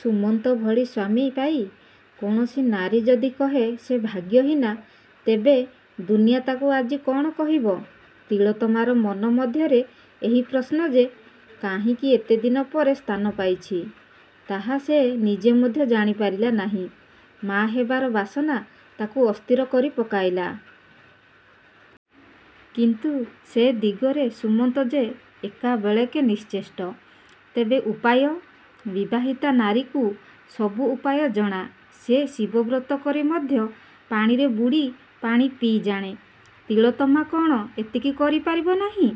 ସୁମନ୍ତ ଭଳି ସ୍ୱାମୀ ପାଇ କୌଣସି ନାରୀ ଯଦି କହେ ସେ ଭାଗ୍ୟହୀନା, ତେବେ ଦୁନିଆ ତାକୁ ଆଜି କ'ଣ କହିବ? ତିଳୋତ୍ତମାର ମନ ମଧ୍ୟରେ ଏହି ପ୍ରଶ୍ନ ଯେ କାହିଁକି ଏତେଦିନ ପରେ ସ୍ଥାନପାଇଛି ତାହା ସେ ନିଜେ ମଧ୍ୟ ଜାଣିପାରିଲା ନାହିଁ। ମା' ହେବାର ବାସନା ତାକୁ ଅସ୍ଥିର କରିପକାଇଲା। କିନ୍ତୁ ସେ ଦିଗରେ ସୁମନ୍ତ ଯେ ଏକାବେଳକେ ନିଶ୍ଚେଷ୍ଟ। ତେବେ ଉପାୟ? ବିବାହିତା ନାରୀକୁ ସବୁ ଉପାୟ ଜଣା। ସେ ଶିବବ୍ରତ କରି ମଧ୍ୟ ପାଣିରେ ବୁଡ଼ି ପାଣି ପିଇଜାଣେ। ତିଳୋତ୍ତମା କ'ଣ ଏତିକି କରିପାରିବ ନାହିଁ?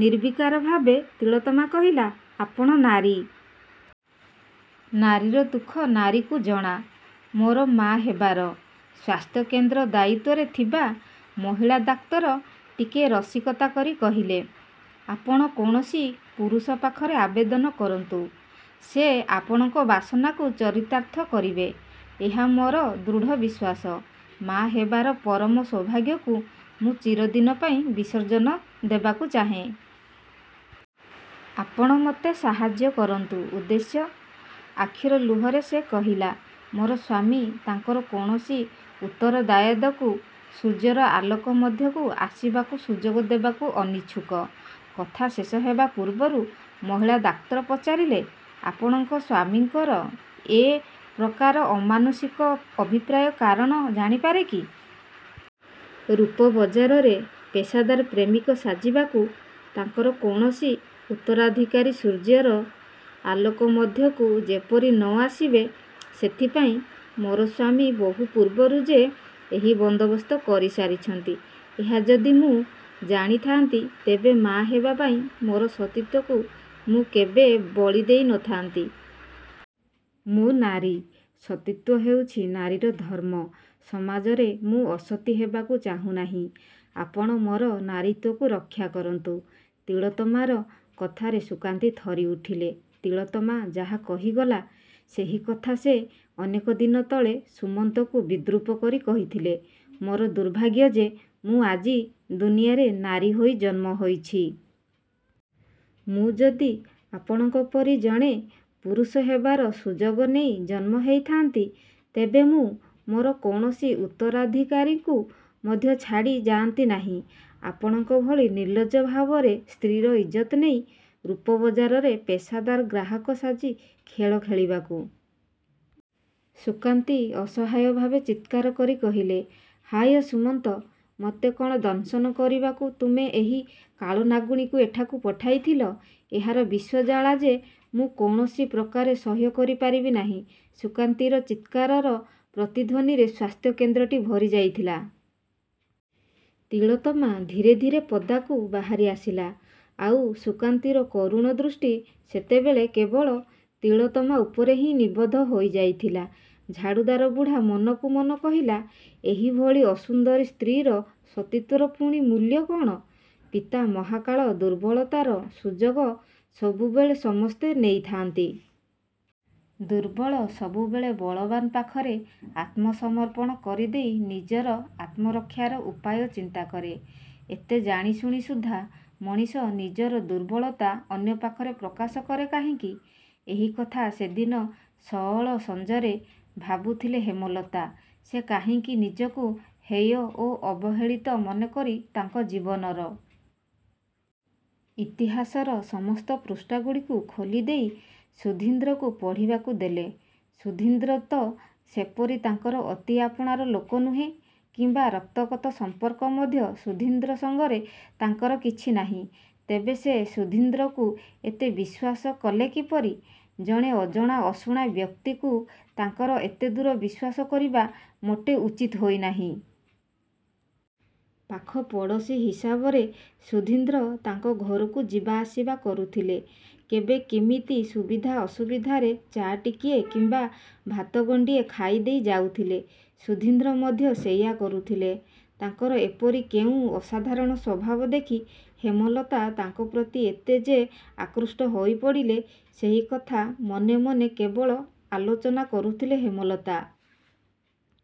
ନିର୍ବିକାର ଭାବେ ତିଳୋତ୍ତମା କହିଲା, ''ଆପଣ ନାରୀ। ନାରୀର ଦୁଃଖ ନାରୀକୁ ଜଣା-। ମୋର ମା' ହେବାର। '' ସ୍ୱାସ୍ଥ୍ୟକେନ୍ଦ୍ର ଦାୟିତ୍ଵରେ ଥିବା ମହିଳା ଡାକ୍ତର ଟିକିଏ ରସିକତା କରି କହିଲେ, ''ଆପଣ କୌଣସି ପୁରୁଷ ପାଖରେ ଆବେଦନ କରନ୍ତୁ। ସେ ଆପଣଙ୍କର ବାସନାକୁ ଚରିତାର୍ଥ କରିବେ। ଏହା ମୋର ଦୃଢ଼ ବିଶ୍ୱାସ। '' ''ମାଆ ହେବାର ପରମ ସୌଭାଗ୍ୟକୁ ମୁଁ ଚିରଦିନ ପାଇଁ ବିସର୍ଜନ ଦେବାକୁ ଚାହେଁ। ଆପଣ ମୋତେ ସାହାଯ୍ୟ କରନ୍ତୁ। '' ''ଉଦ୍ଦେଶ୍ୟ? '' ଆଖିର ଲୁହରେ ସେ କହିଲା, ''ମୋର ସ୍ୱାମୀ ତାଙ୍କର କୌଣସି ଉତ୍ତରଦାୟାଦକୁ ସୂର୍ଯ୍ୟର ଆଲୋକ ମଧ୍ୟକୁ ଆସିବାକୁ ସୁଯୋଗ ଦେବାକୁ ଅନିଚ୍ଛୁକ। '' କଥା ଶେଷହେବା ପୂର୍ବରୁ ମହିଳା ଡାକ୍ତର ପଚାରିଲେ, ''ଆପଣଙ୍କ ସ୍ୱାମୀଙ୍କର ଏ ପ୍ରକାର ଅମାନୁଷିକ ଅଭିପ୍ରାୟର କାରଣ ଜାଣିପାରେ କି? '' ''ରୂପ ବଜାରରେ ପେଶାଦାର ପ୍ରେମିକ ସାଜିବାକୁ ତାଙ୍କର କୌଣସି ଉତ୍ତରାଧିକାରୀ ସୂର୍ଯ୍ୟର ଆଲୋକ ମଧ୍ୟକୁ ଯେପରି ନ ଆସିବେ ସେଥିପାଇଁ ମୋର ସ୍ୱାମୀ ବହୁ ପୂର୍ବରୁ ଯେ ଏହି ବନ୍ଦୋବସ୍ତ କରିସାରିଛନ୍ତି ଏହା ଯଦି ମୁଁ ଜାଣିଥାନ୍ତି ତେବେ ମାଆ ହେବାପାଇଁ ମୋର ସତୀତ୍ୱକୁ ମୁଁ କେବେ ବଳିଦେଇ ନ ଥାନ୍ତି। ମୁଁ ନାରୀ। ସତୀତ୍ୱ ହେଉଛି ନାରୀର ଧର୍ମ। ସମାଜରେ ମୁଁ ଅସତୀ ହେବାକୁ ଚାହୁଁନାହିଁ। ଆପଣ ମୋର ନାରୀତ୍ୱକୁ ରକ୍ଷା କରନ୍ତୁ। '' ତିଳୋତ୍ତମାର କଥାରେ ସୁକାନ୍ତୀ ଥରିଉଠିଲେ। ତିଳୋତ୍ତମା ଯାହା କହିଗଲା, ସେହି କଥା ସେ ଅନେକ ଦିନ ତଳେ ସୁମନ୍ତକୁ ବିଦ୍ରୂପ କରି କହିଥିଲେ-''ମୋର ଦୁର୍ଭାଗ୍ୟ ଯେ ମୁଁ ଆଜି ଦୁନିଆରେ ନାରୀ ହୋଇ ଜନ୍ମହୋଇଛି। ମୁଁ ଯଦି ଆପଣଙ୍କ ପରି ଜଣେ ପୁରୁଷ ହେବାର ସୁଯୋଗ ନେଇ ଜନ୍ମ ହେଇଥାନ୍ତି, ତେବେ ମୁଁ ମୋର କୌଣସି ଉତ୍ତରାଧିକାରୀକୁ ମଧ୍ୟ ଛାଡ଼ି ଯାଆନ୍ତି ନାହିଁ ଆପଣଙ୍କ ଭଳି ନିର୍ଲଜ ଭାବରେ ସ୍ତ୍ରୀର ଇଜ୍ଜତ୍ ନେଇ ରୂପ ବଜାରରେ ପେଶାଦାର ଗ୍ରାହକ ସାଜି ଖେଳ ଖେଳିବାକୁ। '' ସୁକାନ୍ତୀ ଅସହାୟ ଭାବେ ଚିତ୍କାର କରି କହିଲେ, ''ହାୟ ସୁମନ୍ତ! ମୋତେ କ'ଣ ଦଂଶନ କରିବାକୁ ତୁମେ ଏହି କାଳନାଗୁଣୀକୁ ଏଠାକୁ ପଠାଇଥିଲ? ଏହାର ବିଷଜ୍ୱାଳା ଯେ ମୁଁ କୌଣସି ପ୍ରକାରେ ସହ୍ୟ କରିପାରିବି ନାହିଁ। '' ସୁକାନ୍ତୀର ଚିତ୍କାରର ପ୍ରତିଧ୍ୱନିରେ ସ୍ୱାସ୍ଥ୍ୟ କେନ୍ଦ୍ରଟି ଭରି ଯାଇଥିଲା। ତିଳୋତ୍ତମା ଧୀରେ ଧୀରେ ପଦାକୁ ବାହାରି ଆସିଲା। ଆଉ ସୁକାନ୍ତୀର କରୁଣ ଦୃଷ୍ଟି ସେତେବେଳେ କେବଳ ତିଳୋତ୍ତମା ଉପରେ ହିଁ ନିବଦ୍ଧ ହୋଇଯାଇଥିଲା। ଝାଡ଼ୁଦାର ବୁଢ଼ା ମନକୁ ମନ କହିଲା, ''ଏହିଭଳି ଅସୁନ୍ଦରୀ ସ୍ତ୍ରୀର ସତୀତ୍ୱର ପୁଣି ମୂଲ୍ୟ କ'ଣ? '' ପିତା ମହାକାଳ ଦୁର୍ବଳତାର ସୁଯୋଗ ସବୁବେଳେ ସମସ୍ତେ ନେଇଥାନ୍ତି। ଦୁର୍ବଳ ସବୁବେଳେ ବଳବାନ ପାଖରେ ଆତ୍ମସମର୍ପଣ କରିଦେଇ ନିଜର ଆତ୍ମରକ୍ଷାର ଉପାୟ ଚିନ୍ତାକରେ। ଏତେ ଜାଣିଶୁଣି ସୁଦ୍ଧା ମଣିଷ ନିଜର ଦୁର୍ବଳତା ଅନ୍ୟ ପାଖରେ ପ୍ରକାଶ କରେ କାହିଁକି? ଏହିକଥା ସେଦିନ ଅଳସ ସଞ୍ଜରେ ଭାବୁଥିଲେ ହେମଲତା। ସେ କାହିଁକି ନିଜକୁ ହେୟ ଓ ଅବହେଳିତ ମନେକରି ତାଙ୍କ ଜୀବନର। ଇତିହାସର ସମସ୍ତ ପୃଷ୍ଠାଗୁଡ଼ିକ ଖୋଲିଦେଇ ସୁଧୀନ୍ଦ୍ରକୁ ପଢ଼ିବାକୁ ଦେଲେ? ସୁଧୀନ୍ଦ୍ର ତ ସେପରି ତାଙ୍କର ଅତି ଆପଣାର ଲୋକ ନୁହେଁ କିମ୍ବା ରକ୍ତଗତ ସମ୍ପର୍କ ମଧ୍ୟ ସୁଧୀନ୍ଦ୍ର ସଙ୍ଗରେ ତାଙ୍କର କିଛି ନାହିଁ। ତେବେ ସେ ସୁଧୀନ୍ଦ୍ରକୁ ଏତେ ବିଶ୍ୱାସ କଲେ କିପରି? ଜଣେ ଅଜଣା ଅଶୁଣା ବ୍ୟକ୍ତିକୁ ତାଙ୍କର ଏତେଦୂର ବିଶ୍ୱାସ କରିବା ମୋଟେ ଉଚିତ ହୋଇନାହିଁ। ପାଖ ପଡ଼ୋଶୀ ହିସାବରେ ସୁଧୀନ୍ଦ୍ର ତାଙ୍କ ଘରକୁ ଯିବା ଆସିବା କରୁଥିଲେ। କେବେ କିମିତି ସୁବିଧା ଅସୁବିଧାରେ ଚା' ଟିକିଏ କିମ୍ବା ଭାତ ଗଣ୍ଡିଏ ଖାଇଦେଇ ଯାଉଥିଲେ। ସୁଧୀନ୍ଦ୍ର ମଧ୍ୟ ସେୟା କରୁଥିଲେ। ତାଙ୍କର ଏପରି କେଉଁ ଅସାଧାରଣ ସ୍ୱଭାବ ଦେଖି ହେମଲତା ତାଙ୍କ ପ୍ରତି ଏତେ ଯେ ଆକୃଷ୍ଟ ହୋଇପଡ଼ିଲେ, ସେହିକଥା ମନେମନେ କେବଳ ଆଲୋଚନା କରୁଥିଲେ ହେମଲତା।